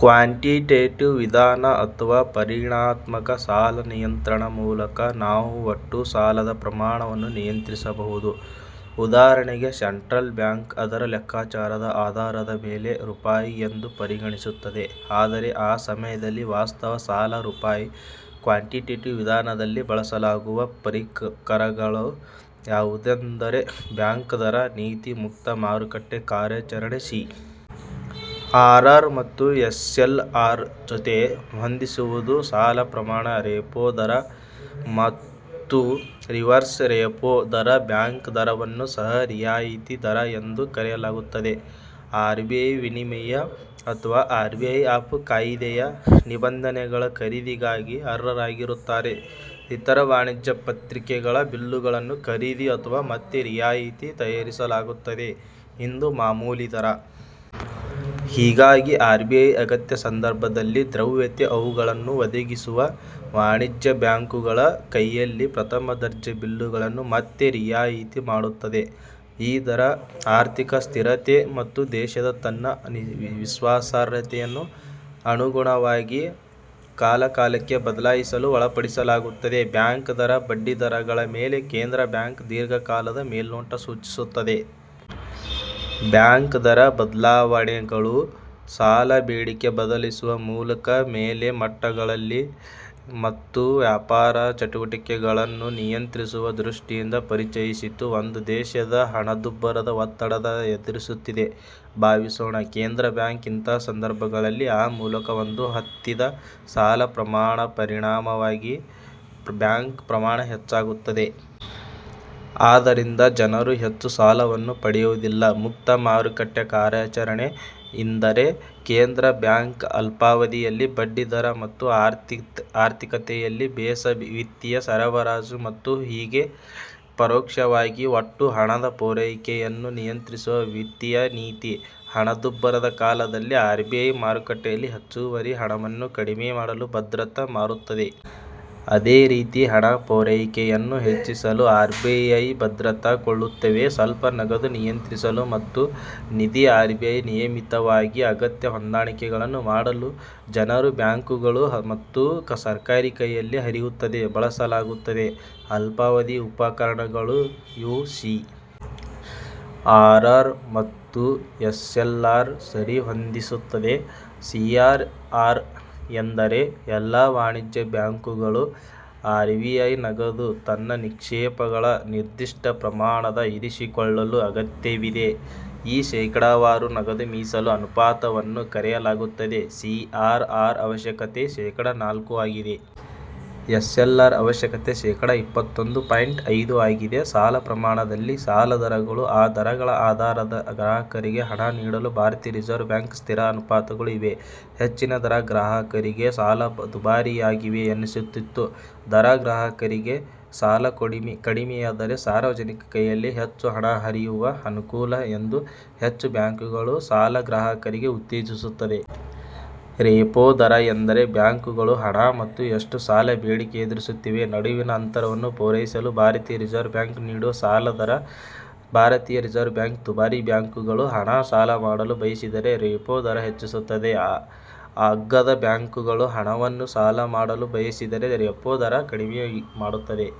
Quantitative ವಿಧಾನ ಅಥವ ಪರಿಮಾಣಾತ್ಮಕ ಸಾಲ ನಿಯಂತ್ರಣ ಮೂಲಕ ನಾವು ಒಟ್ಟು ಸಾಲದ ಪ್ರಮಾಣವನ್ನು ನಿಯಂತ್ರಿಸಬಹುದು. ಉದಾಹರಣೆಗೆ ಸೆಂಟ್ರಲ್ ಬ್ಯಾಂಕ್, ಅದರ ಲೆಕ್ಕಾಚಾರದ ಆಧಾರದ ಮೇಲೆ ರೂಪಾಯಿ ಎಂದು ಪರಿಗಣಿಸುತ್ತದೆ. ಆದರೆ ಆ ಸಮಯದಲ್ಲಿ ವಾಸ್ತವ ಸಾಲ ರೂಪಾಯಿ ಕ್ವಾಂಟಿಟೇಟಿವ್ ವಿಧಾನದಲ್ಲಿ ಬಳಸಲಾಗುವ ಪರಿಕರಗಳು ಯಾವುದೆಂದರೆ ಬ್ಯಾಂಕ್ ದರ ನೀತಿ, ಮುಕ್ತ ಮಾರುಕಟ್ಟೆ ಕಾರ್ಯಾಚರಣೆ, ಸಿ. ಆರ್. ಆರ್ ಮತ್ತು ಎಸ್. ಎಲ್. ಆರ್ ಜೊತೆ ಹೊಂದಿಸುವುದು, ಸಾಲ ಪ್ರಮಾಣ, ರೆಪೋ ದರ, ಮಾತ್ತು ರಿವರ್ಸ್ ರೆಪೋ ದರ. ಬ್ಯಾಂಕ್ ದರವನ್ನು ಸಹ ರಿಯಾಯಿತಿ ದರ ಎಂದು ಕರೆಯಲಾಗುತ್ತದೆ. ಆರ್ ಬಿ ಐ ವಿನಿಮಯ ಅಥವಾ ಆರ್ ಬಿ ಐ ಆಫ್ ಕಾಯಿದೆಯ ನಿಬಂಧನೆಗಳ ಖರೀದಿಗಾಗಿ ಅರ್ಹರಾಗಿರುತ್ತಾರೆ ಇತರ ವಾಣಿಜ್ಯ ಪತ್ರಿಕೆಗಳ ಬಿಲ್ಲುಗಳನ್ನು ಖರೀದಿ ಅಥವಾ ಮತ್ತೆ ರಿಯಾಯಿತಿ ತಯಾರಿಸಲಾಗುತ್ತದೆ ಇದು ಮಾಮೂಲಿ ದರ. ಹೀಗಾಗಿ ಆರ್ ಬಿ ಐ ಅಗತ್ಯ ಸಂದರ್ಭದಲ್ಲಿ ದ್ರವ್ಯತೆ ಅವುಗಳನ್ನು ಒದಗಿಸುವ ವಾಣಿಜ್ಯ ಬ್ಯಾಂಕುಗಳ ಕೈಯಲ್ಲಿ ಪ್ರಥಮ ದರ್ಜೆ ಬಿಲ್ಲುಗಳನ್ನು ಮತ್ತೆ ರಿಯಾಯಿತಿ ಮಾಡುತ್ತದೆ. ಈ ದರ ಆರ್ಥಿಕ ಸ್ಥಿರತೆ ಮತ್ತು ದೇಶದ ತನ್ನ ವಿಶ್ವಾಸಾರ್ಹತೆಯನ್ನು ಅನುಗುಣವಾಗಿ ಕಾಲಕಾಲಕ್ಕೆ ಬದಲಾಯಿಸಲು ಒಳಪಡಿಸಲಾಗುತ್ತದೆ. ಬ್ಯಾಂಕ್ ದರ ಬಡ್ಡಿದರಗಳ ಮೇಲೆ ಕೇಂದ್ರ ಬ್ಯಾಂಕ್ ದೀರ್ಘಕಾಲದ ಮೇಲ್ನೋಟ ಸೂಚಿಸುತ್ತದೆ. ಬ್ಯಾಂಕ್ ದರ ಬದಲಾವಣೆಗಳು ಸಾಲ ಬೇಡಿಕೆ ಬದಲಿಸುವ ಮೂಲಕ, ಬೆಲೆ ಮಟ್ಟಗಳಲ್ಲಿ ಮತ್ತು ವ್ಯಾಪಾರ ಚಟುವಟಿಕೆಗಳನ್ನು ನಿಯಂತ್ರಿಸುವ ದೃಷ್ಟಿಯಿಂದ ಪರಿಚಯಿಸಿತು. ಒಂದು ದೇಶದ ಹಣದುಬ್ಬರದ ಒತ್ತಡದ ಎದುರಿಸುತ್ತಿದೆ ಭಾವಿಸೋಣ. ಕೇಂದ್ರ ಬ್ಯಾಂಕ್, ಇಂತಹ ಸಂದರ್ಭಗಳಲ್ಲಿ ಆ ಮೂಲಕ ಒಂದು ಹತ್ತಿದ ಸಾಲ ಪ್ರಮಾಣ ಪರಿಣಾಮವಾಗಿ ಬ್ಯಾಂಕ್ ಪ್ರಮಾಣ ಹೆಚ್ಚಾಗುತ್ತದೆ. ಆದರಿಂದ ಜನರು ಹೆಚ್ಚು ಸಾಲವನ್ನು ಪಡೆಯುವುದಿಲ್ಲ. ಮುಕ್ತ ಮಾರುಕಟ್ಟೆ ಕಾರ್ಯಾಚರಣೆ ಇಂದರೆ ಕೇಂದ್ರ ಬ್ಯಾಂಕ್ ಅಲ್ಪಾವಧಿಯಲ್ಲಿ ಬಡ್ಡಿದರ ಮತ್ತು ಆರ್ಥಿಕತೆಯಲ್ಲಿ ಬೇಸ್ ವಿತ್ತೀಯ ಸರಬರಾಜು ಮತ್ತು ಹೀಗೆ ಪರೋಕ್ಷವಾಗಿ ಒಟ್ಟು ಹಣದ ಪೂರೈಕೆಯನ್ನು ನಿಯಂತ್ರಿಸುವ ವಿತ್ತೀಯ ನೀತಿ. ಹಣದುಬ್ಬರದ ಕಾಲದಲ್ಲಿ ಆರ್ ಬಿ ಐ ಮಾರುಕಟ್ಟೆಯಲ್ಲಿ ಹೆಚ್ಚುವರಿ ಹಣವನ್ನು ಕಡಿಮೆ ಮಾಡಲು ಭದ್ರತಾ ಮಾರುತ್ತದೆ. ಅದೇ ರೀತಿ, ಹಣ ಪೂರೈಕೆಯನ್ನು ಹೆಚ್ಚಿಸಲು ಆರ್ ಬಿ ಐ ಭದ್ರತಾ ಕೊಳ್ಳುತ್ತವೆ. ಸ್ವಲ್ಪ ನಗದು ನಿಯಂತ್ರಿಸಲು ಮತ್ತು ನಿಧಿ ಆರ್ ಬಿ ಐ ನಿಯಮಿತವಾಗಿ ಅಗತ್ಯ ಹೊಂದಾಣಿಕೆಗಳನ್ನು ಮಾಡಲು ಜನರು, ಬ್ಯಾಂಕುಗಳು ಮತ್ತು ಸರ್ಕಾರಿ ಕೈಯಲ್ಲಿ ಹರಿಯುತ್ತದೆ ಬಳಸಲಾಗುತ್ತದೆ ಅಲ್ಪಾವಧಿ ಉಪಕರಣಗಳು ಇವು ಸಿ. ಆರ್. ಆರ್ ಮತ್ತು ಎಸ್ ಎಲ್ ಆರ್ ಸರಿಹೊಂದಿಸಿತ್ತದೆ. ಸಿ. ಆರ್. ಆರ್ ಎಂದರೆ ಎಲ್ಲಾ ವಾಣಿಜ್ಯ ಬ್ಯಾಂಕುಗಳು ಆರ್ ಬಿ ಐ ನಗದು ತನ್ನ ನಿಕ್ಷೇಪಗಳ ನಿರ್ದಿಷ್ಟ ಪ್ರಮಾಣದ ಇರಿಸಿಕೊಳ್ಳಲು ಅಗತ್ಯವಿದೆ. ಈ ಶೇಕಡಾವಾರು ನಗದು ಮೀಸಲು ಅನುಪಾತವನ್ನು ಕರೆಯಲಾಗುತ್ತದೆ. ಸಿ. ಆರ್. ಆರ್ ಅವಶ್ಯಕತೆ ಶೇಕಡಾ ನಾಲ್ಕು ಆಗಿದೆ. ಎಸ್ ಎಲ್ ಆರ್ ಅವಶ್ಯಕತೆ ಶೇಕಡಾ ಇಪ್ಪತ್ತೊಂದು ಪಾಯಿಂಟ್ ಐದು ಆಗಿದೆ. ಸಾಲ ಪ್ರಮಾಣದಲ್ಲಿ ಸಾಲ ದರಗಳು ಆ ದರಗಳ ಆಧಾರದ ಗ್ರಾಹಕರಿಗೆ ಹಣ ನೀಡಲು ಭಾರತೀಯ ರಿಸರ್ವ್ ಬ್ಯಾಂಕ್ ಸ್ಥಿರ ಅನುಪಾತಗಳು ಇವೆ. ಹೆಚ್ಚಿನ ದರ ಗ್ರಾಹಕರಿಗೆ ಸಾಲ ದುಬಾರಿಯಾಗಿವೆ ಎನಿಸುತ್ತಿತ್ತು. ದರ ಗ್ರಾಹಕರಿಗೆ ಸಾಲ ಕಡಿಮೆಯಾದರೆ ಸಾರ್ವಜನಿಕ ಕೈಯಲ್ಲಿ ಹೆಚ್ಚು ಹಣ ಹರಿಯುವ ಅನುಕೂಲ ಎಂದು ಹೆಚ್ಚು ಬ್ಯಾಂಕುಗಳು ಸಾಲ ಗ್ರಾಹಕರಿಗೆ ಉತ್ತೇಜಿಸುತ್ತದೆ. ರೆಪೋ ದರ ಎಂದರೆ ಬ್ಯಾಂಕುಗಳು ಹಣ ಮತ್ತು ಎಷ್ಟು ಸಾಲ ಬೇಡಿಕೆ ಎದುರಿಸುತ್ತಿವೆ ನಡುವಿನ ಅಂತರವನ್ನು ಪೂರೈಸಲು ಭಾರತೀಯ ರಿಸರ್ವ್ ಬ್ಯಾಂಕ್ ನೀಡುವ ಸಾಲ ದರ. ಭಾರತೀಯ ರಿಸರ್ವ್ ಬ್ಯಾಂಕ್ ದುಬಾರಿ ಬ್ಯಾಂಕುಗಳು ಹಣ ಸಾಲ ಮಾಡಲು ಬಯಸಿದರೆ, ರೆಪೋ ದರ ಹೆಚ್ಚಿಸುತ್ತದೆ. ಅಗ್ಗದ ಬ್ಯಾಂಕುಗಳು ಹಣವನ್ನು ಸಾಲ ಮಾಡಲು ಬಯಸಿದರೆ ರೆಪೋ ದರ ಕಡಿಮೆ ಮಾಡುತ್ತದೆ.